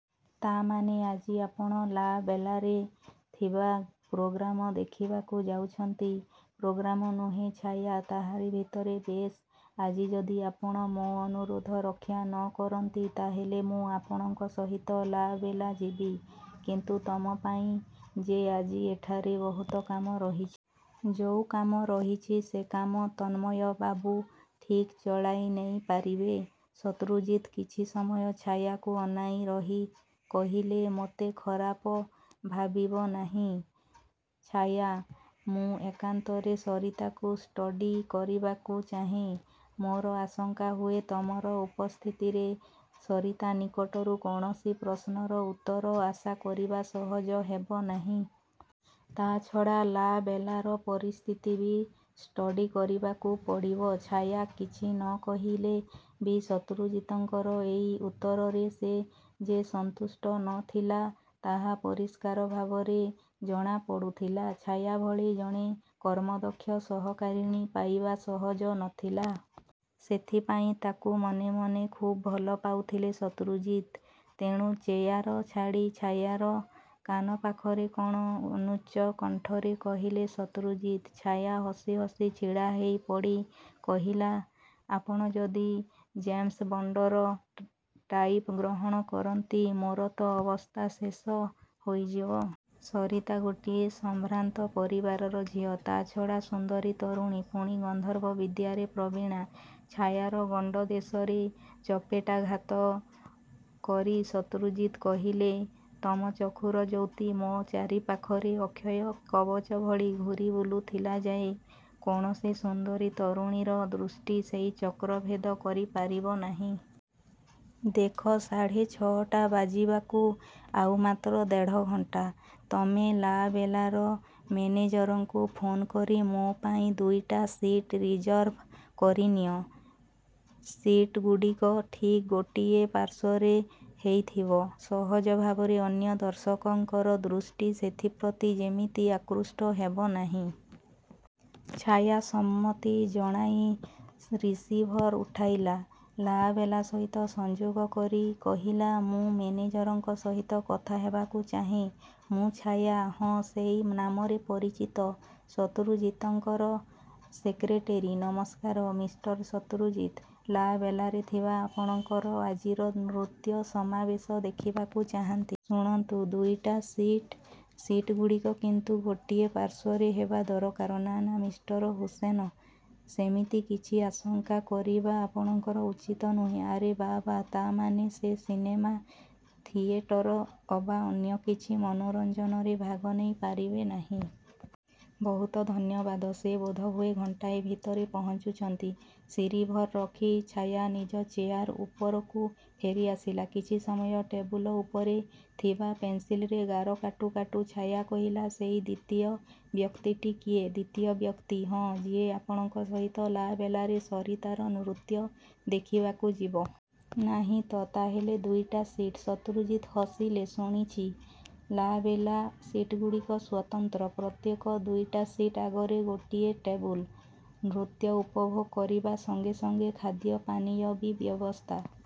ତା' ମାନେ ଆଜି ଆପଣ 'ଲା-ବେଲା'ରେ ଥିବା ପ୍ରୋଗ୍ରାମ ଦେଖିବାକୁ ଯାଉଛନ୍ତି। ପ୍ରୋଗ୍ରାମ ନୁହେଁ ଛାୟା, ତାହାରି ଭିତରେ ବେଶ୍, ଆଜି ଯଦି ଆପଣ ମୋ ଅନୁରୋଧ ରକ୍ଷା ନ କରନ୍ତି ତା'ହେଲେ ମୁଁ ଆପଣଙ୍କ ସହିତ 'ଲା-ବେଲା' ଯିବି। କିନ୍ତୁ ତମ ପାଇଁ ଯେ ଆଜି ଏଠାରେ ବହୁତ କାମ ରହିଛି। ଯୋଉ କାମ ରହିଛି ସେ କାମ ତନ୍ମୟବାବୁ ଠିକ୍ ଚଳାଇନେଇପାରିବେ। ଶତ୍ରୁଜିତ୍ କିଛି ସମୟ ଛାୟାକୁ ଅନାଇ ରହି କହିଲେ-ମୋତେ ଖରାପ ଭାବିବ ନାହିଁ, ଛାୟା! ମୁଁ ଏକାନ୍ତରେ ସରିତାକୁ ଷ୍ଟଡି କରିବାକୁ ଚାହେଁ। ମୋର ଆଶଙ୍କା ହୁଏ ତମର ଉପସ୍ଥିତିରେ ସରିତା ନିକଟରୁ କୌଣସି ପ୍ରଶ୍ନର ଉତ୍ତର ଆଶା କରିବା ସହଜ ହେବ ନାହିଁ। ତା'ଛଡ଼ା 'ଲା-ବେଲା'ର ପରିସ୍ଥିତି ବି ଷ୍ଟଡି କରିବାକୁ ପଡ଼ିବ। ଛାୟା କିଛି ନ କହିଲେ ବି ଶତ୍ରୁଜିତଙ୍କର ଏଇ ଉତ୍ତରରେ ସେ ଯେ ସନ୍ତୁଷ୍ଟ ନ ଥିଲା ତାହା ପରିଷ୍କାର ଭାବରେ ଜଣା ପଡ଼ୁଥିଲା। ଛାୟା ଭଳି ଜଣେ କର୍ମଦକ୍ଷ ସହକାରିଣୀ ପାଇବା ସହଜ ନ ଥିଲା। ସେଥିପାଇଁ ତାକୁ ମନେ ମନେ ଖୁବ୍ ଭଲ ପାଉଥିଲେ ଶତ୍ରୁଜିତ୍। ତେଣୁ ଚେୟାର ଛାଡ଼ି ଛାୟାର କାନ ପାଖରେ କ'ଣ ଅନୁଚ୍ଚ କଣ୍ଠରେ କହିଲେ ଶତ୍ରୁଜିତ୍। ଛାୟା ହସିହସି ଛିଡ଼ା ହେଇପଡ଼ି କହିଲା-ଆପଣ ଯଦି ଜେମ୍ସ ବଣ୍ତର ଟାଇପ୍ ଗ୍ରହଣ କରନ୍ତି, ମୋର ତ ଅବସ୍ଥା ଶେଷ ହେଇଯିବ। ସରିତା ଗୋଟିଏ ସମ୍ଭ୍ରାନ୍ତ ପରିବାରର ଝିଅ। ତା' ଛଡ଼ା ସୁନ୍ଦରୀ ତରୁଣୀ, ପୁଣି ଗାନ୍ଧର୍ବ ବିଦ୍ୟାରେ ପ୍ରବୀଣା। ଛାୟାର ଗଣ୍ତଦେଶରେ ଚପେଟାଘାତ କରି ଶତ୍ରୁଜିତ୍ କହିଲେ-ତମ ଚକ୍ଷୁର ଜ୍ୟୋତି ମୋ ଚାରିପାଖରେ ଅକ୍ଷୟ କବଚ ଭଳି ଘୁରି ବୁଲୁଥିଲା ଯାଏ, କୌଣସି ସୁନ୍ଦରୀ ତରୁଣୀର ଦୃଷ୍ଟି ସେଇ ଚକ୍ର ଭେଦ କରିପାରିବ ନାହିଁ। ଦେଖ ସାଢ଼େ ଛଅଟା ବାଜିବାକୁ ଆଉ ମାତ୍ର ଦେଢ଼ଘଣ୍ଟା। ତମେ 'ଲା-ବେଲା' ର ମେନେଜରଙ୍କୁ ଫୋନ୍ କରି ମୋ ପାଇଁ ଦୁଇଟା ସିଟ୍ ରିଜର୍ଭ କରିନିଅ। ସିଟ୍ଗୁଡ଼ିକ ଠିକ୍ ଗୋଟିଏ ପାର୍ଶ୍ୱରେ ହେଇଥିବ। ସହଜ ଭାବରେ ଅନ୍ୟ ଦର୍ଶକଙ୍କର ଦୃଷ୍ଟି ସେଥିପ୍ରତି ଯେମିତି ଆକୃଷ୍ଟ ହେବ ନାହିଁ। ଛାୟା ସମ୍ମତି ଜଣାଇ ରିସିଭର ଉଠାଇଲା। 'ଲା-ବେଲା' ସହିତ ସଂଯୋଗ କରି କହିଲା-ମୁଁ ମେନେଜରଙ୍କ ସହିତ କଥା ହେବାକୁ ଚାହେଁ। ମୁଁ ଛାୟା, ହଁ ସେଇ ନାମରେ ପରିଚିତ-। ଶତ୍ରୁଜିତ୍ଙ୍କର ସେକ୍ରେଟେରୀ। ନମସ୍କାର! ମିଷ୍ଟର ଶତ୍ରୁଜିତ୍ 'ଲା-ବେଲା'ରେ ଥିବା ଆପଣଙ୍କର ଆଜିର ନୃତ୍ୟ ସମାବେଶ ଦେଖିବାକୁ ଚାହାନ୍ତି। ଶୁଣନ୍ତୁ, ଦୁଇଟା ସିଟ୍। ସିଟ୍ଗୁଡ଼ିକ କିନ୍ତୁ ଗୋଟିଏ ପାର୍ଶ୍ୱରେ ହେବା ଦରକାର। ନା, ନା, ମିଷ୍ଟର ହୁସେନ, ସେମିତି କିଛି ଆଶଙ୍କା କରିବା ଆପଣଙ୍କର ଉଚିତ ନୁହେଁ। ଆରେ ବାବା, ତା' ମାନେ ସେ ସିନେମା, ଥିଏଟର ଅବା ଅନ୍ୟ କିଛି ମନୋରଞ୍ଜନରେ ଭାଗ ନେଇପାରିବେ ନାହିଁ। ବହୁତ ଧନ୍ୟବାଦ। ସେ ବୋଧହୁଏ ଘଣ୍ଟାଏ ଭିତରେ ପହଞ୍ଚୁଛନ୍ତି। ରିସିଭର୍ ରଖି ଛାୟା ନିଜ ଚେୟାର୍ ଉପରକୁ ଫେରିଆସିଲା। କିଛି ସମୟ ଟେବୁଲ ଉପରେ ଥିବା ପେନ୍ସିଲରେ ଗାର କାଟୁ କାଟୁ ଛାୟା କହିଲା-ସେଇ ଦ୍ୱିତୀୟ ବ୍ୟକ୍ତିଟି କିଏ? ଦ୍ୱିତୀୟ ବ୍ୟକ୍ତି? ହଁ, ଯିଏ ଆପଣଙ୍କ ସହିତ 'ଲା-ବେଲା'ରେ ସରିତାର ନୃତ୍ୟ ଦେଖିବାକୁ ଯିବ? ନାହିଁ ତ! ତା'ହେଲେ ଦୁଇଟା ସିଟ୍? ଶତ୍ରୁଜିତ୍ ହସିଲେ-ଶୁଣିଛି, 'ଲା-ବେଲା' ସିଟ୍ଗୁଡ଼ିକ ସ୍ୱତନ୍ତ୍ର। ପ୍ରତ୍ୟେକ ଦୁଇଟା ସିଟ୍ ଆଗରେ ଗୋଟିଏ ଟେବୁଲ। ନୃତ୍ୟ ଉପଭୋଗ କରିବା ସଙ୍ଗେ ସଙ୍ଗେ ଖାଦ୍ୟପାନୀୟର ବି ବ୍ୟବସ୍ଥା